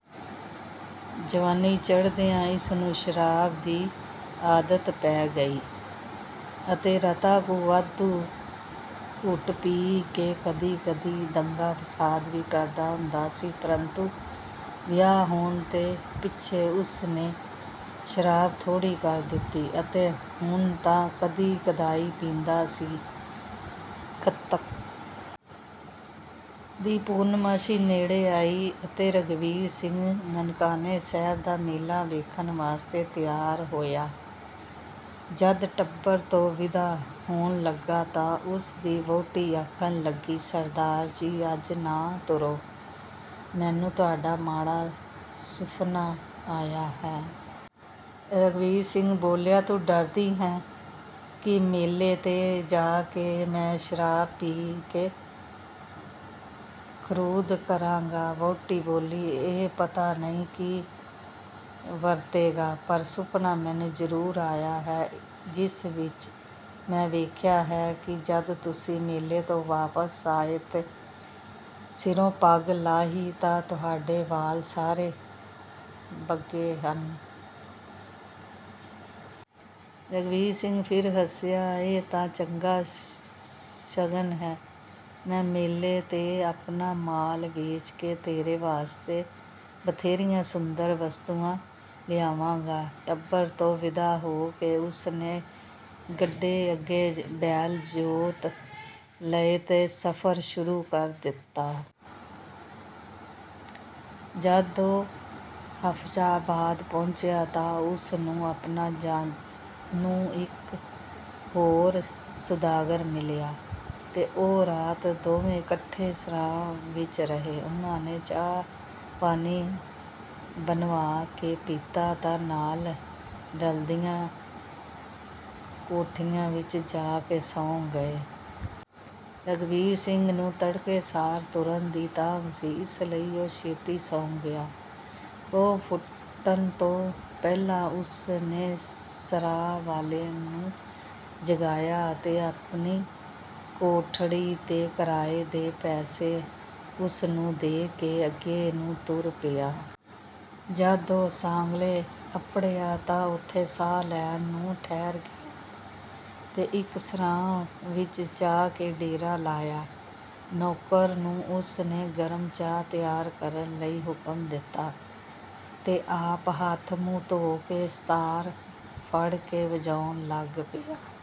ਜਵਾਨੀ ਚੜ੍ਹਦਿਆਂ ਇਸ ਨੂੰ ਸ਼ਰਾਬ ਦੀ ਆਦਤ ਪੈ ਗਈ ਅਤੇ ਰਤਾ ਕੁ ਵਾਧੂ ਘੁੱਟ ਪੀ ਕੇ ਕਦੀ-ਕਦੀ ਦੰਗਾ-ਫਸਾਦ ਵੀ ਕਰਦਾ ਹੁੰਦਾ ਸੀ। ਪਰੰਤੂ ਵਿਆਹ ਹੋਣ ਦੇ ਪਿੱਛੇ ਉਸ ਨੇ ਸ਼ਰਾਬ ਥੋੜੀ ਕਰ ਦਿੱਤੀ ਅਤੇ ਹੁਣ ਤਾਂ ਕਦੀ-ਕਦਾਈਂ ਪੀਂਦਾ ਸੀ। ਕੱਤਕ ਦੀ ਪੂਰਨਮਾਸ਼ੀ ਨੇੜੇ ਆਈ ਅਤੇ ਰਘਬੀਰ ਸਿੰਘ ਨਨਕਾਣੇ ਸਾਹਿਬ ਦਾ ਮੇਲਾ ਵੇਖਣ ਵਾਸਤੇ ਤਿਆਰ ਹੋਇਆ। ਜਦ ਟੱਬਰ ਤੋਂ ਵਿਦਾ ਹੋਣ ਲੱਗਾ ਤਾਂ ਉਸ ਦੀ ਵਹੁਟੀ ਆਖਣ ਲੱਗੀ, “ਸਰਦਾਰ ਜੀ! ਅੱਜ ਨਾ ਤੁਰੋ। ਮੈਨੂੰ ਤੁਹਾਡਾ ਮਾੜਾ ਸੁਫ਼ਨਾ ਆਇਆ ਹੈ।” ਰਘਬੀਰ ਸਿੰਘ ਬੋਲਿਆ, “ਤੂੰ ਡਰਦੀ ਹੈਂ ਕਿ ਮੇਲੇ 'ਤੇ ਜਾ ਕੇ ਮੈਂ ਸ਼ਰਾਬ ਪੀ ਕੇ ਖਰੂਦ ਕਰਾਂਗਾ?” ਵਹੁਟੀ ਬੋਲੀ, “ਇਹ ਪਤਾ ਨਹੀਂ ਕੀ ਵਰਤੇਗਾ, ਪਰ ਸੁਪਨਾ ਮੈਨੂੰ ਜ਼ਰੂਰ ਆਇਆ ਹੈ, ਜਿਸ ਵਿੱਚ ਮੈਂ ਵੇਖਿਆ ਹੈ ਕਿ ਜਦ ਤੁਸੀਂ ਮੇਲੇ ਤੋਂ ਵਾਪਸ ਆਏ ਤੇ ਸਿਰੋਂ ਪੱਗ ਲਾਹੀ ਤਾਂ ਤੁਹਾਡੇ ਵਾਲ ਸਾਰੇ ਬੱਗੇ ਹਨ।” ਰਘਬੀਰ ਸਿੰਘ ਫਿਰ ਹੱਸਿਆ, “ਇਹ ਤਾਂ ਚੰਗਾ ਸ਼ਗਨ ਹੈ। ਮੈਂ ਮੇਲੇ 'ਤੇ ਆਪਣਾ ਮਾਲ ਵੇਚ ਕੇ ਤੇਰੇ ਵਾਸਤੇ ਬਥੇਰੀਆਂ ਸੁੰਦਰ ਵਸਤੂਆਂ ਲਿਆਵਾਂਗਾ।” ਟੱਬਰ ਤੋਂ ਵਿਦਾ ਹੋ ਕੇ ਉਸ ਨੇ ਗੱਡੇ ਅੱਗੇ ਬੈਲ ਜੋਤ ਲਏ ਤੇ ਸਫ਼ਰ ਸ਼ੁਰੂ ਕਰ ਦਿੱਤਾ। ਜਦ ਉਹ ਹਾਫ਼ਜ਼ਾਬਾਦ ਪਹੁੰਚਿਆ ਤਾਂ ਉਸ ਨੂੰ ਆਪਣਾ ਜਾਣੂ ਇੱਕ ਹੋਰ ਸੌਦਾਗਰ ਮਿਲਿਆ ਤੇ ਉਹ ਰਾਤ ਦੋਵੇਂ ਇਕੱਠੇ ਸਰਾਂ ਵਿੱਚ ਰਹੇ। ਉਹਨਾਂ ਨੇ ਚਾਹ-ਪਾਣੀ ਬਣਵਾ ਕੇ ਪੀਤਾ ਤੇ ਨਾਲ ਰਲਦੀਆਂ ਕੋਠੀਆਂ ਵਿੱਚ ਜਾ ਕੇ ਸੌਂ ਗਏ। ਰਘਬੀਰ ਸਿੰਘ ਨੂੰ ਤੜਕੇ ਸਾਰ ਤੁਰਨ ਦੀ ਤਾਂਘ ਸੀ। ਇਸ ਲਈ ਉਹ ਛੇਤੀ ਸੌਂ ਗਿਆ। ਪਹੁ ਫੁੱਟਣ ਤੋਂ ਪਹਿਲਾਂ ਉਸ ਨੇ ਸਰਾਂ ਵਾਲੇ ਨੂੰ ਜਗਾਇਆ ਅਤੇ ਆਪਣੀ ਕੋਠੜੀ ਦੇ ਕਿਰਾਏ ਦੇ ਪੈਸੇ ਉਸ ਨੂੰ ਦੇ ਕੇ ਅੱਗੇ ਨੂੰ ਤੁਰ ਪਿਆ। ਜਦ ਉਹ ਸਾਂਗਲੇ ਅੱਪੜਿਆ ਤਾਂ ਉੱਥੇ ਸਾਹ ਲੈਣ ਨੂੰ ਠਹਿਰ ਗਿਆ ਤੇ ਇੱਕ ਸਰਾਂ ਵਿੱਚ ਜਾ ਕੇ ਡੇਰਾ ਲਾਇਆ। ਨੌਕਰ ਨੂੰ ਉਸ ਨੇ ਗਰਮ ਚਾਹ ਤਿਆਰ ਕਰਨ ਲਈ ਹੁਕਮ ਦਿੱਤਾ ਤੇ ਆਪ ਹੱਥ-ਮੂੰਹ ਧੋ ਕੇ ਸਤਾਰ ਫੜ ਕੇ ਵਜਾਉਣ ਲੱਗ ਪਿਆ।